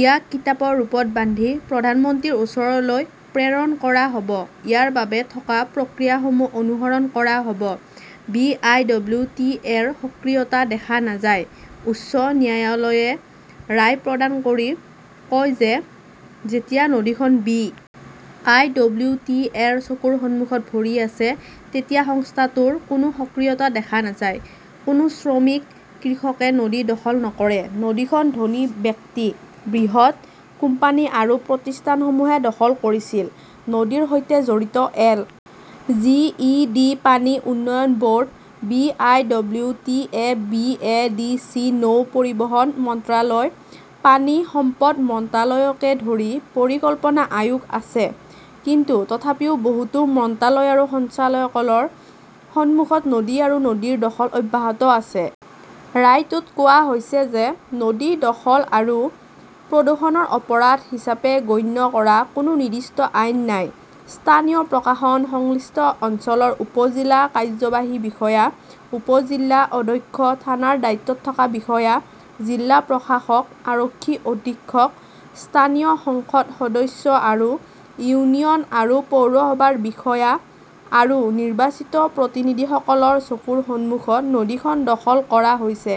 ইয়াক কিতাপৰ ৰূপত বান্ধি প্ৰধানমন্ত্ৰীৰ ওচৰলৈ প্ৰেৰণ কৰা হ'ব। ইয়াৰ বাবে থকা প্ৰক্ৰিয়াসমূহ অনুসৰণ কৰা হ'ব। বি. আই. ডব্লিউ. টি. এ.ৰ সক্ৰিয়তা দেখা নাযায়, উচ্চ ন্যায়ালয়ে ৰায় প্ৰদান কৰি কয় যে, যেতিয়া নদীখন বি. আই. ডব্লিউ. টি. এ.ৰ চকুৰ সন্মুখত ভৰি আছে তেতিয়া সংস্থাটোৰ কোনো সক্ৰিয়তা দেখা নাযায়। কোনো শ্ৰমিক, কৃষকে নদী দখল নকৰে। নদীখন ধনী ব্যক্তি, বৃহৎ কোম্পানী আৰু প্ৰতিষ্ঠানসমূহে দখল কৰিছিল। নদীৰ সৈতে জড়িত এল. জি. ই. ডি., পানী উন্নয়ন board, B. I. W. T. A., B. A. D. C., নৌ পৰিবহণ মন্ত্ৰালয়, পানী সম্পদ মন্ত্ৰালয়কে ধৰি পৰিকল্পনা আয়োগ আছে। কিন্তু তথাপিও বহুতো মন্ত্ৰালয় আৰু সঞ্চালকালয়ৰ সন্মুখত নদী আৰু নদীৰ দখল অব্যাহত আছে। ৰায়টোত কোৱা হৈছে যে, নদী দখল আৰু প্ৰদূষণক অপৰাধ হিচাপে গণ্য কৰা কোনো নিৰ্দিষ্ট আইন নাই। স্থানীয় প্ৰশাসন, সংশ্লিষ্ট অঞ্চলৰ উপ-জিলা কাৰ্যবাহী বিষয়া, উপ-জিলা অধ্যক্ষ, থানাৰ দায়িত্বত থকা বিষয়া, জিলা প্ৰশাসক, আৰক্ষী অধীক্ষক, স্থানীয় সংসদ সদস্য আৰু ইউনিয়ন আৰু পৌৰসভাৰ বিষয়া আৰু নিৰ্বাচিত প্ৰতিনিধিসকলৰ চকুৰ সন্মুখত নদীখন দখল কৰা হৈছে।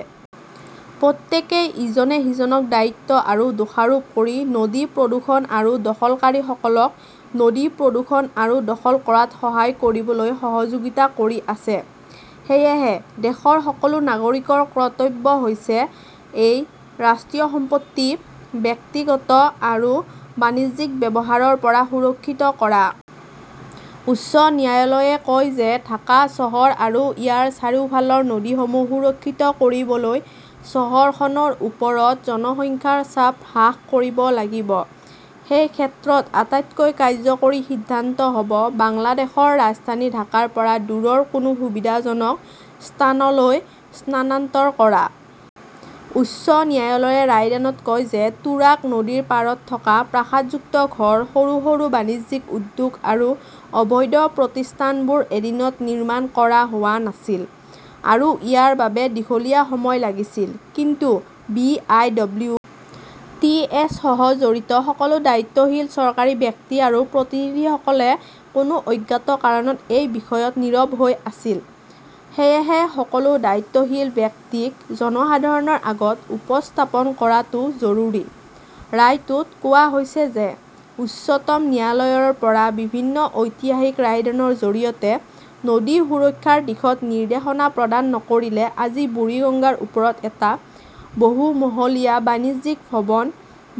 প্ৰত্যেকেই ইজনে সিজনক দায়িত্ব আৰু দোষাৰোপ কৰি নদী প্ৰদূষণ আৰু দখলকাৰীসকলক নদী প্ৰদূষণ আৰু দখল কৰাত সহায় কৰিবলৈ সহযোগিতা কৰি আছে। সেয়েহে, দেশৰ সকলো নাগৰিকৰ কৰ্তব্য হৈছে এই ৰাষ্ট্ৰীয় সম্পত্তি ব্যক্তিগত বা বাণিজ্যিক ব্যৱহাৰৰ পৰা সুৰক্ষিত কৰা। উচ্চ ন্যায়ালয়ে কয় যে, ঢাকা চহৰ আৰু ইয়াৰ চাৰিওফালৰ নদীসমূহ সুৰক্ষিত কৰিবলৈ চহৰখনৰ ওপৰত জনসংখ্যাৰ চাপ হ্ৰাস কৰিব লাগিব। সেই ক্ষেত্ৰত আটাইতকৈ কাৰ্যকৰী সিদ্ধান্ত হ'ব বাংলাদেশৰ ৰাজধানী ঢাকাৰ পৰা দূৰৈৰ কোনো সুবিধাজনক স্থানলৈ স্থানান্তৰ কৰা। উচ্চ ন্যায়ালয়ে ৰায়দানত কয় যে, তুৰাগ নদীৰ পাৰত থকা প্ৰাসাদযুক্ত ঘৰ, সৰু সৰু বাণিজ্যিক উদ্যোগ আৰু অবৈধ প্ৰতিষ্ঠানবোৰ এদিনত নিৰ্মাণ কৰা হোৱা নাছিল আৰু ইয়াৰ বাবে দীঘলীয়া সময় লাগিছিল। কিন্তু B. I. W. T. S. সহ জড়িত সকলো দায়িত্বশীল চৰকাৰী ব্যক্তি আৰু প্ৰতিনিধিসকলে কোনো অজ্ঞাত কাৰণত এই বিষয়ত নীৰৱ হৈ আছিল। সেয়েহে সকলো দায়িত্বশীল ব্যক্তিক জনসাধাৰণৰ আগত উপস্থাপন কৰাটো জৰুৰী। ৰায়টোত কোৱা হৈছে যে, উচ্চতম ন্যায়ালয়ৰ পৰা বিভিন্ন ঐতিহাসিক ৰায়দানৰ জৰিয়তে নদী সুৰক্ষাৰ দিশত নিৰ্দেশনা প্ৰদান নকৰিলে আজি বুৰিগঙ্গাৰ ওপৰত এটা বহুমহলীয়া বাণিজ্যিক ভৱন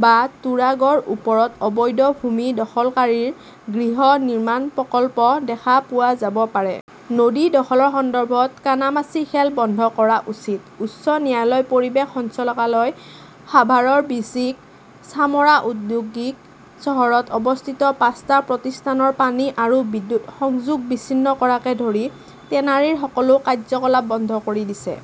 বা তুৰাগৰ ওপৰত অবৈধ ভূমি দখলকাৰীৰ গৃহ নিৰ্মাণ প্ৰকল্প দেখা পোৱা যাব পাৰে। নদী দখলৰ সন্দৰ্ভত কানামাচি খেল বন্ধ কৰা উচিতঃ উচ্চ ন্যায়ালয় পৰিৱেশ সঞ্চালকালয়ই সাভাৰৰ বিসিক চামৰা ঔদ্যোগিক চহৰত অৱস্থিত পাঁচটা প্ৰতিষ্ঠানৰ পানী আৰু বিদ্যুৎ সংযোগ বিচ্ছিন্ন কৰাকে ধৰি টেনাৰীৰ সকলো কাৰ্যকলাপ বন্ধ কৰি দিছে।